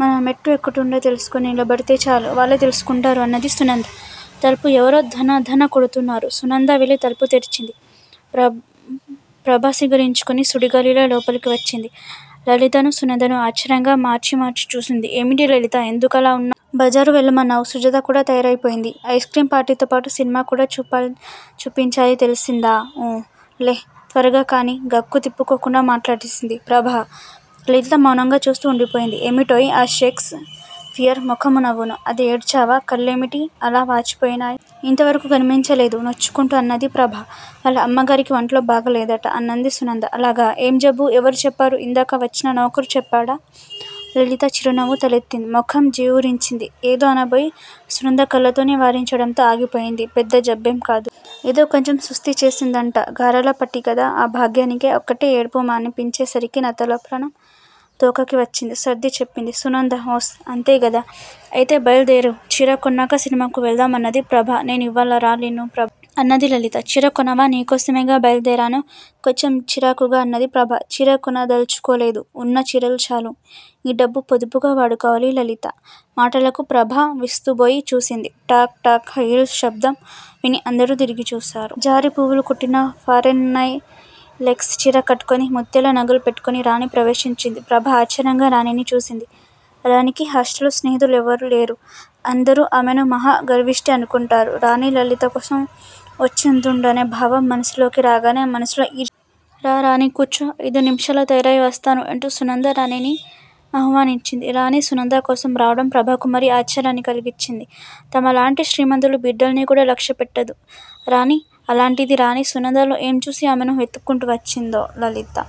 మనమెట్టు ఎక్కడుందో తెలుసుకొని నిలబడితే చాలు. వాళ్ళే తెలుసుకుంటారు అన్నది సునంద. తలుపు ఎవరో ధన ధన కొడుతున్నారు. సునంద వెళ్ళి తలుపు తెరిచింది. ప్రభ సింగారించుకొని సుడిగాలిలా లోపలకు వచ్చింది. లలితనూ, సునందనూ ఆశ్చర్యంగా మార్చి మార్చి చూసింది. ఏమిటి లలితా? ఎందుకలా వున్నావ్? బజారు వెళ్దామన్నావ్? సుజాత కూడ తయారై పోయింది. ఐస్ క్రీం పార్టీతోపాటు సినిమాకూడా చూపించాలి తెలిసిందా! ఊ! లే! త్వరగా కానియ్! గుక్కతిప్పుకోకుండా మాట్లాడేసింది ప్రభ. లలిత మౌనంగా చూస్తూ వుండిపోయింది. ఏమిటోయ్ ఆ షేక్స్ పియర్ ముఖమూ నువ్వునూ! అరే ఏడ్చావా? కళ్ళేమిటి అలా వాచిపోయినా య్? ఇంతవరకూ గమనించనేలేదు? నొచ్చుకుంటూ అన్నది ప్రభ. వాళ్ళ అమ్మగారికి వంట్లో బాగాలేదట అన్నది సునంద. అలాగా? ఏం జబ్బు? ఎవరు చెప్పారు? ఇందాక వచ్చిన నౌకరు చెప్పాడా? లలిత చివ్వున తలెత్తింది. ముఖం జేవురించింది. ఏదో అనబోయి సునంద కళ్ళతోనే వారించడంతో ఆగిపోయింది. పెద్ద జబ్బేం కాదు. ఏదో కొంచెం సుస్తీ చేసిందంట. గారాలపట్టి గదా! ఆ భాగ్యానికే ఒకటే ఏడుపు. మానిపించే సరికి నా తలప్రాణం తోకకి వచ్చింది సర్ది చెప్పింది సునంద. ఓస్ అంతేగదా! అయితే బయలుదేరు. చీర కొన్నాక సినిమాకు వెళ్దాం! అన్నది ప్రభ. నేను ఇవ్వాళ రాలేను ప్ర అన్నది లలిత. చీర కొనవా? నీ కోసమేగా బయలుదేరాను? కొంచెం చిరాకుగా అన్నది ప్రభ. చీర కొనదల్చుకోలేదు. వున్న చీరలు చాలు. ఈ డబ్బు పొదుపుగా వాడుకోవాలి. లలిత మాటలకు ప్రభ విస్తుబోయి చూసింది. టక్ టక్ హైహీల్స్ శబ్దం విని అందరూ తిరిగి చూశారు. జారి పువ్వులు కుట్టిన ఫారెన్ నై లెక్స్ చీర కట్టుకొని, ముత్యాల నగలు పెట్టుకొని రాణి ప్రవేశించింది. ప్రభ ఆశ్చర్యంగా రాణీని చూసింది. రాణీకి హాస్టల్లో స్నేహితురాళ్లెవరూ లేరు. అందరూ ఆమెను మహా గర్విష్టి అనుకుంటారు. రాణీ లలితకోసం వచ్చివుంటుందనే భావం మనసులోకి రాగానే మనసులో ఈ రా! రాణీ? కూర్చో! ఐదు నిముషాల్లో తయారై వస్తాను అంటూ సునంద రాణీని ఆహ్వానించింది. రాణి సునంద కోసం రావడం ప్రభకు మరీ ఆశ్చర్యాన్ని కలిగించింది. తమలాంటి శ్రీమంతుల బిడ్డల్ని కూడా లక్ష్యపెట్టదు రాణి. అలాంటిది రాణి సునందలో ఏంచూసి ఆమెను వెతుక్కుంటూ వచ్చిందో? లలితా!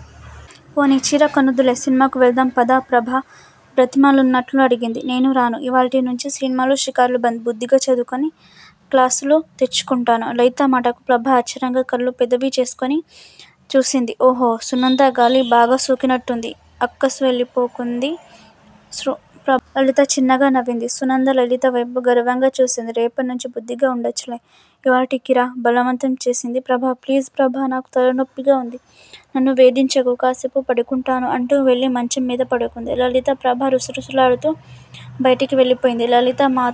పోనియ్ చీర కొనవద్దులే సినిమాకు వెళ్దాం పద! ప్రభ బ్రతిమాలుతున్నట్టు అడిగింది. నేను రాను! ఇవ్వాల్టినుంచి సినిమాలు, షికార్లూ బంద్. బుద్ధిగా చదువుకొని క్లాసులో తెచ్చుకుంటాను. లలిత మాటలకు ప్రభ ఆశ్చర్యంగా కళ్ళు పెద్దవి చేసుకొని చూసింది. ఓహో! సునంద గాలి బాగా సోకినట్టుంది! అక్కసు వెళ్ళబోకుంది ప్ర. లలిత చిన్నగా నవ్వింది. సునంద లలితవైపు గర్వంగా చూసింది. రేపటినుంచి బుద్ధిగా వుండొచ్చులే ఇవ్వాల్టికిరా! బలవంతం చేసింది ప్రభ. ప్లీజ్ ప్రభా! నాకు తలనొప్పిగా వుంది. నన్ను వేధించకు. కాసేపు పడుకుంటాను అంటూవెళ్ళి మంచం మీద పడుకుంది లలిత. ప్రభ రుసరుసలాడుతూ బయటికి వెళ్ళిపోయింది. లలితా మాతో